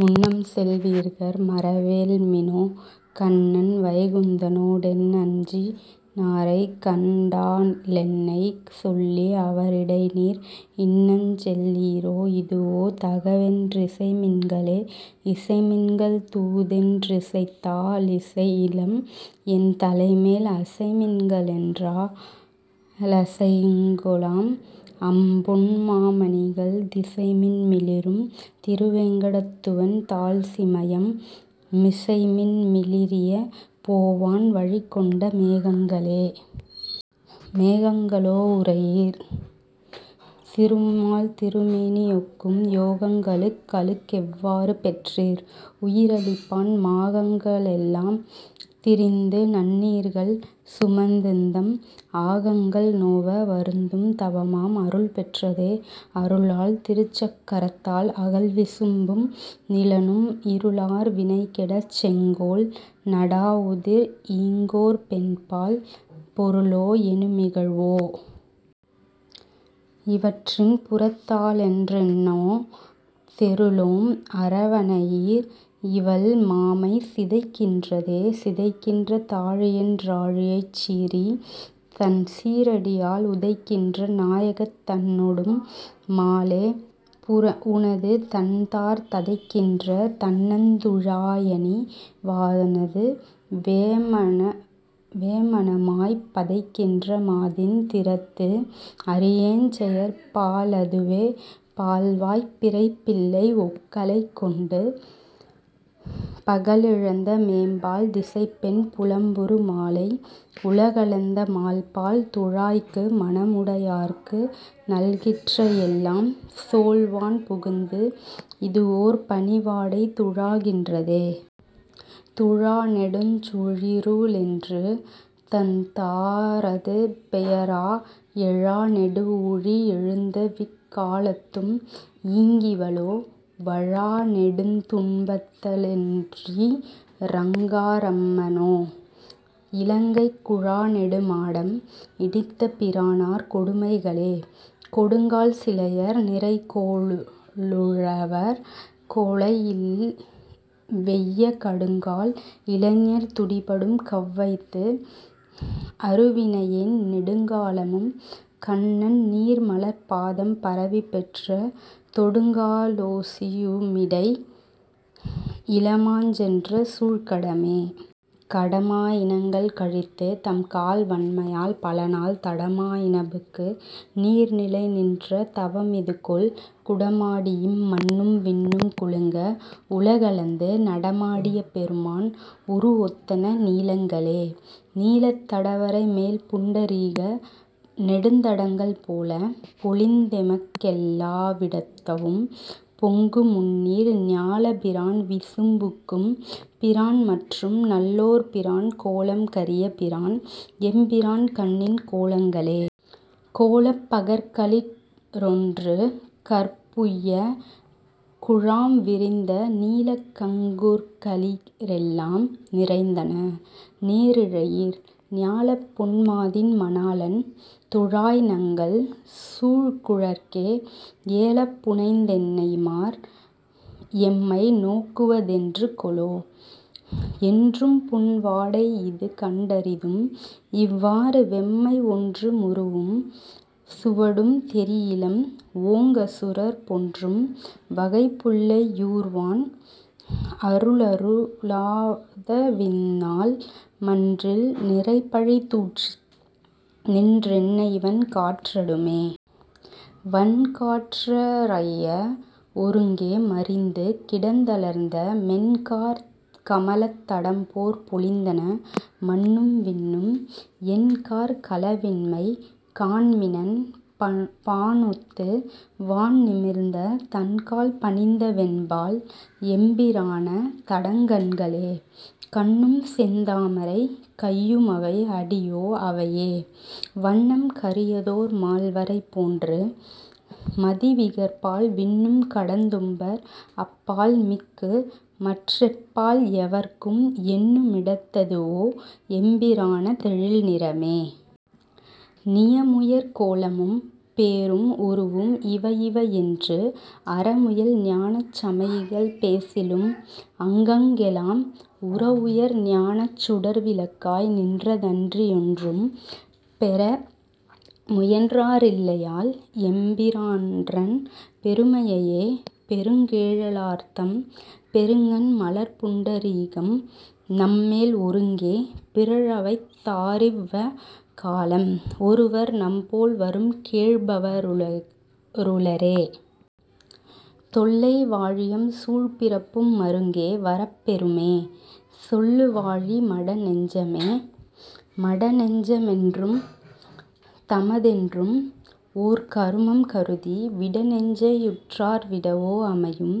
முன்னம்செல் வீர்கள் மறவேல்மினோகண்ணன் வைகுந்தனோ டென்னெஞ்சி னாரைக்கண் டாலென்னைச் சொல்லி அவரிடைநீர் இன்னஞ்செல் லீரோ, இதுவோ தகவென் றிசைமின்களே. இசைமின்கள் தூதென் றிசைத்தா லிசையிலம், என்தலைமேல் அசைமின்க ளென்றா லசையிங்கொலாம், அம்பொன் மாமணிகள் திசைமின் மிளிரும் திருவேங்கடத்துவன் தாள்சிமயம் மிசைமின் மிளிரிய போவான் வழிக் கொண்ட மேகங்களே. மேகங்க ளோ. உரை யீர், திருமால்திரு மேனியொக்கும் யோகங்க ளுங்களுக் கெவ்வாறு பெற்றீர், உயிரளிப்பான் மாகங்க ளெல்லாம் திரிந்துநன்னீர்கள் சுமந்து_ந்தம் ஆகங்கள் நோவ, வருந்தும் தவமாம் அருள்பெற்றதே? அருளார் திருச்சக் கரத்தால் அகல்விசும் பும்நிலனும் இருளார் வினைகெடச் செங்கோல் நடாவுதிர், ஈங்கோர்பெண்பால் பொருளோ எனுமிகழ் வோ? இவற்றின்புறத் தாளென்றெண்ணோ? தெருளோம் அரவணை யீர், இவள் மாமை சிதைக்கின்றதே. சிதைக்கின்ற தாழியென் றாழியைச் சீறி, தன் சீறடியால் உதைக்கின்ற நாயகந் தன்னொடும் மாலே, உனதுதண்தார் ததைக்கின்ற தண்ணந் துழாயணி வானது வேமனமாய்ப் பதைக்கின்ற மாதின் திறத்துஅறியேஞ்செயற் பாலதுவே. பால்வாய்ப் பிறைப்பிள்ளை ஒக்கலைக் கொண்டு, பகலிழந்த மேல்பால் திசைப்பெண் புலம்புறு மாலை, உலகளந்த மால்பால் துழாய்க்கு மனமுடை யார்க்குநல் கிற்றையெல்லாம் சோல்வான் புகுந்து, இது வோர்பனி வாடை துழாகின்றதே. துழாநெடுஞ் சூழிரு ளென்று, தன் தண்தா ரதுபெயரா எழாநெடு வூழி யெழுந்தவிக் காலத்தும், ஈங்கிவளோ வழாநெடுந் துன்பத்த ளென்றிரங் காரம்ம னோ. இலங்கைக் குழாநெடு மாடம், இடித்த பிரானார் கொடுமைகளே. கொடுங்கால் சிலையர் நிரைகோ ளுழவர், கொலையில்வெய்ய கடுங்கால் இளைஞர் துடிபடும் கவ்வைத்து, அருவினையேன் நெடுங்கால மும்கண்ணன் நீண்மலர்ப் பாதம் பரவிப் பெற்ற தொடுங்கா லொசியு மிடை, இள மாஞ்சென்ற சூழ்கடமே. கடமா யினகள் கழித்து, தம் கால்வன்மை யால்பலநாள் தடமா யினபுக்கு நீர்நிலை நின்ற தவமிதுகொல், குடமாடி யிம்மண்ணும் விண்ணும் குலுங்க வுலகளந்து நடமா டியபெரு மான், உரு வொத்தன நீலங்களே. நீலத் தடவரை மேல்புண்ட ரீக நெடுந்தடங்கள் போல, பொலிந்தெமக் கெல்லா விடத்தவும், பொங்குமுந்நீர் ஞாலப் பிரான்விசும் புக்கும் பிரான்மற்றும் நல்லோர்பிரான் கோலம் கரிய பிரான், எம்பிரான்கண்ணின் கோலங்களே. கோலப் பகற்களி றொன்றுகற் புய்ய, குழாம்விரிந்த நீலக்கங் குற்களி றெல்லாம் நிறைந்தன, நேரிழையீர். ஞாலப்பொன் மாதின் மணாளன் துழாய்நங்கள் சூழ்குழற்கே ஏலப் புனைந்தென்னை மார், எம்மை நோக்குவ தென்றுகொலோ. என்றும்புன் வாடை யிதுகண்டறிதும், இவ் வாறுவெம்மை ஒன்றுமுருவும் சுவடும் தெரியிலம், ஓங்கசுரர் பொன்றும் வகைபுள்ளை யூர்வான் அருளரு ளாதவிந்நாள் மன்றில் நிறைபழி தூற்றி, நின்றென்னைவன் காற்றடுமே. வன்காற் றறைய ஒருங்கே மறிந்து கிடந்தலர்ந்த, மென்காற் கமலத் தடம்போற் பொலிந்தன, மண்ணும்விண்ணும் என்காற் களவின்மை காண்மினென் பானொத்து வான்நிமிர்ந்த தன்கால்பணிந்தவென் பால், எம்பிரான தடங்கண்களே. கண்ணும்செந் தாமரை கையு மவைஅடி யோஅவையே, வண்ணம் கரியதோர் மால்வரை போன்று, மதிவிகற்பால் விண்ணும் கடந்தும்பர் அப்பால்மிக் குமற்றெப் பால்எவர்க்கும் எண்ணு மிடத்தது வோ, எம்பிரான தெழில்நிறமே? நியமுயர் கோலமும் பேரும் உருவும் இவையிவையென்று, அறமுயல் ஞானச் சமயிகள் பேசிலும், அங்கங்கெல்லாம் உறவுயர் ஞானச் சுடர்விளக் காய்நின்ற தன்றியொன்றும் பெறமுயன் றாரில்லை யால், எம்பி ரான்றன் பெருமையையே. பெருங்கேழ லார்தம் பெருங்கண் மலர்ப்புண்ட ரீகம்நம்மேல் ஒருங்கே பிறழவைத் தாரிவ்வ காலம், ஒருவர்நம்போல் வரும்கேழ் பவருள ரே? தொல்லை வாழியம் சூழ்பிறப்பும் மருங்கே வரப்பெறு மே, சொல்லுவாழி மடநெஞ்சமே. மடநெஞ்ச மென்றும் தமதென்றும், ஓர்கரு மம்கருதி, விடநெஞ்சை யுற்றார் விடவோ அமையும்,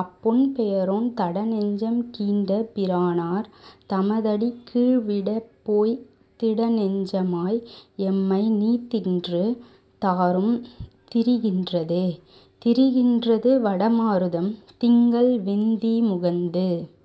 அப் பொன்பெயரோன் தடநெஞ்சம் கீண்ட பிரானார் தமதடிக் கீழ்விடப்போய்த் திடநெஞ்ச மாய், எம்மை நீத்தின்று தாறும் திரிகின்றதே. திரிகின் றதுவட மாருதம், திங்கள்வெந் தீமுகந்து